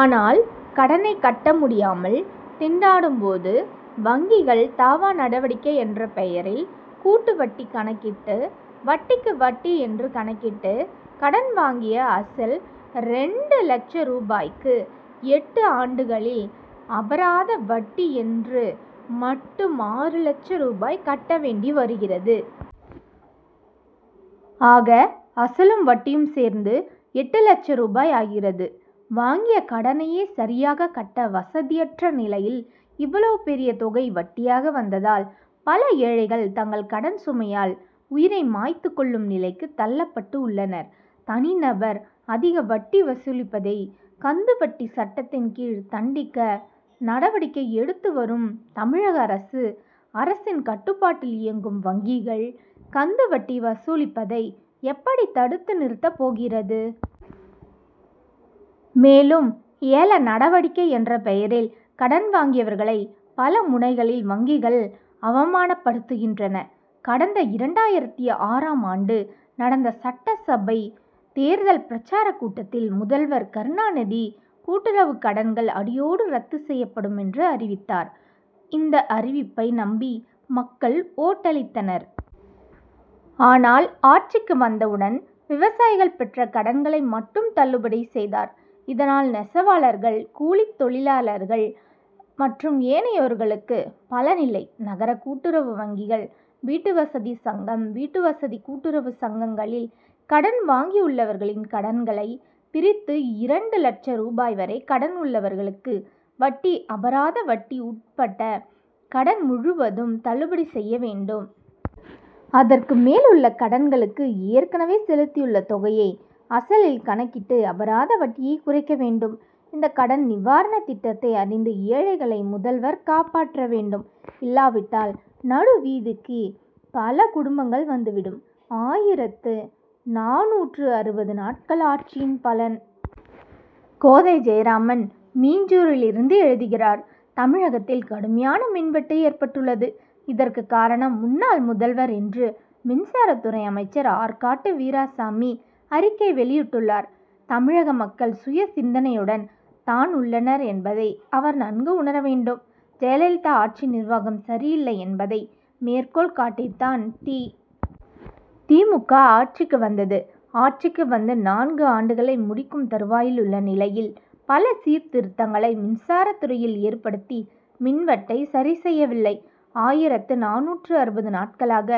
ஆனால் கடனை கட்ட முடியாமல் திண்டாடும் போது வங்கிகள் தாவா நடவடிக்கை என்ற பெயரில் கூட்டு வட்டி கணக்கிட்டு வட்டிக்கு வட்டி என்று கணக்கிட்டு கடன் வாங்கிய அசல் இரண்டு லட்ச ரூபாய்க்கு எட்டு ஆண்டுகளில் அபராத வட்டி என்று மட்டும் ஆறு லட்ச ரூபாய் கட்ட வேண்டி வருகிறது. ஆக அசலும் வட்டியும் சேர்ந்து எட்டு லட்ச ரூபாய் ஆகிறது. வாங்கிய கடனையே சரியாக கட்ட வசதியற்ற நிலையில் இவ்வளவு பெரிய தொகை வட்டியாக வந்ததால் பல ஏழைகள் தங்கள் கடன் சுமையால் உயிரை மாய்த்து கொள்ளும் நிலைக்கு தள்ளப்பட்டு உள்ளனர். தனி நபர் அதிக வட்டி வசூலிப்பதை கந்து வட்டி சட்டத்தின் கீழ் தண்டிக்க நடவடிக்கை எடுத்து வரும் தமிழக அரசு அரசின் கட்டுப்பாட்டில் இயங்கும் வங்கிகள் கந்து வட்டி வசூலிப்பதை எப்படி தடுத்து நிறுத்த போகிறது? மேலும் ஏல நடவடிக்கை என்ற பெயரில் கடன் வாங்கியவர்களை பல முனைகளில் வங்கிகள் அவமானப்படுத்துகின்றன. கடந்த இரண்டாயிரத்து ஆறாம் ஆண்டு நடந்த சட்டசபை தேர்தல் பிரசாரக் கூட்டத்தில் முதல்வர் கருணாநிதி கூட்டுறவுக் கடன்கள் அடியோடு ரத்து செய்யப்படும் என்று அறிவித்தார். இந்த அறிவிப்பை நம்பி மக்கள் ஓட்டளித்தனர். ஆனால் ஆட்சிக்கு வந்தவுடன் விவசாயிகள் பெற்ற கடன்களை மட்டும் தள்ளுபடி செய்தார். இதனால் நெசவாளர்கள் கூலித் தொழிலாளர்கள் மற்றும் ஏனையோருக்கு பலன் இல்லை. நகர கூட்டுறவு வங்கிகள் வீட்டுவசதி சங்கம் வீட்டுவசதி கூட்டுறவு சங்கங்களில் கடன் வாங்கியுள்ளவர்களின் கடன் களை பிரித்து இரண்டு லட்ச ரூபாய் வரை கடன் உள்ளவர்களுக்கு வட்டி அபராத வட்டி உட்பட கடன் முழுவதையும் தள்ளுபடி செய்ய வேண்டும். அதற்கு மேல் உள்ள கடன் களுக்கு ஏற்கனவே செலுத்தியுள்ள தொகையை அசலில் கணக்கிட்டு அபராத வட்டியை குறைக்க வேண்டும். இந்த கடன் நிவாரண திட்டத்தை அறிந்து ஏழைகளை முதல்வர் காப்பாற்ற வேண்டும். இல்லாவிட்டால் நடுவீதிக்கு பல குடும்பங்கள் வந்து விடும். ஆயிரத்து நானூற்று அறுபது நாட்கள் ஆட்சியின் பலன்? கோதை ஜெயராமன் மீஞ்சூரிலிருந்து எழுதுகிறார் தமிழகத்தில் கடுமையான மின்வெட்டு ஏற்பட்டுள்ளது. இதற்கு காரணம் முன்னாள் முதல்வர் என்று மின்சாரத்துறை அமைச்சர் ஆற்காடு வீராசாமி அறிக்கை வெளியிட்டுள் ளார். தமிழக மக்கள் சுய சிந்தனையுடன் தான் உள்ளனர் என்பதை அவர் நன்கு உணர வேண்டும். ஜெயலலிதா ஆட்சி நிர்வாகம் சரியில்லை என்பதை மேற்கோள் காட்டி தான் தி. மு. க. ஆட்சிக்கு வந்தது. ஆட்சிக்கு வந்து நான்கு ஆண்டுகளை முடிக்கும் தருவாயில் உள்ள நிலையில் பல சீர்திருத்தங்களை மின்சாரத்துறையில் ஏற்படுத்தி மின் வெட்டை சரி செய்யவில்லை. ஆயிரத்து நானூற்று அறுபது நாட்களாக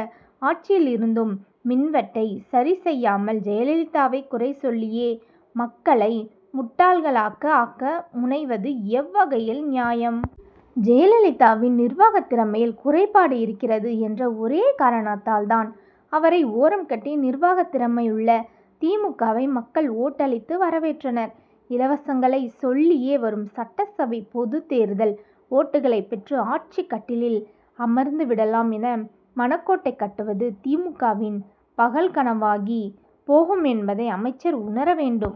ஆட்சியில் இருந்தும் மின்வெட்டை சரி செய்யாமல் ஜெயலலிதாவை குறை சொல்லியே மக்களை முட் டாள்களாக ஆக்க முனைவது எவ்வகையில் நியாயம்? ஜெயலலிதாவின் நிர்வாகத் திறமையில் குறைபாடு இருக்கிறது என்ற ஒரே காரணத்தால் தான் அவரை ஓரம் கட்டி நிர்வாகத் திறமை உள்ள தி. மு. க.வை மக்கள் ஓட்டளித்து வரவேற்றனர். இலவசங்களை சொல் லியே வரும் சட்டசபை பொதுத்தேர்தல் ஓட்டுகளை பெற்று ஆட்சி கட்டிலில் அமர்ந்து விடலாம் என மனக்கோட்டை கட்டுவது தி. மு. க.வின் பகல் கனவாகி போகும் என்பதை அமைச்சர் உணர வேண்டும்.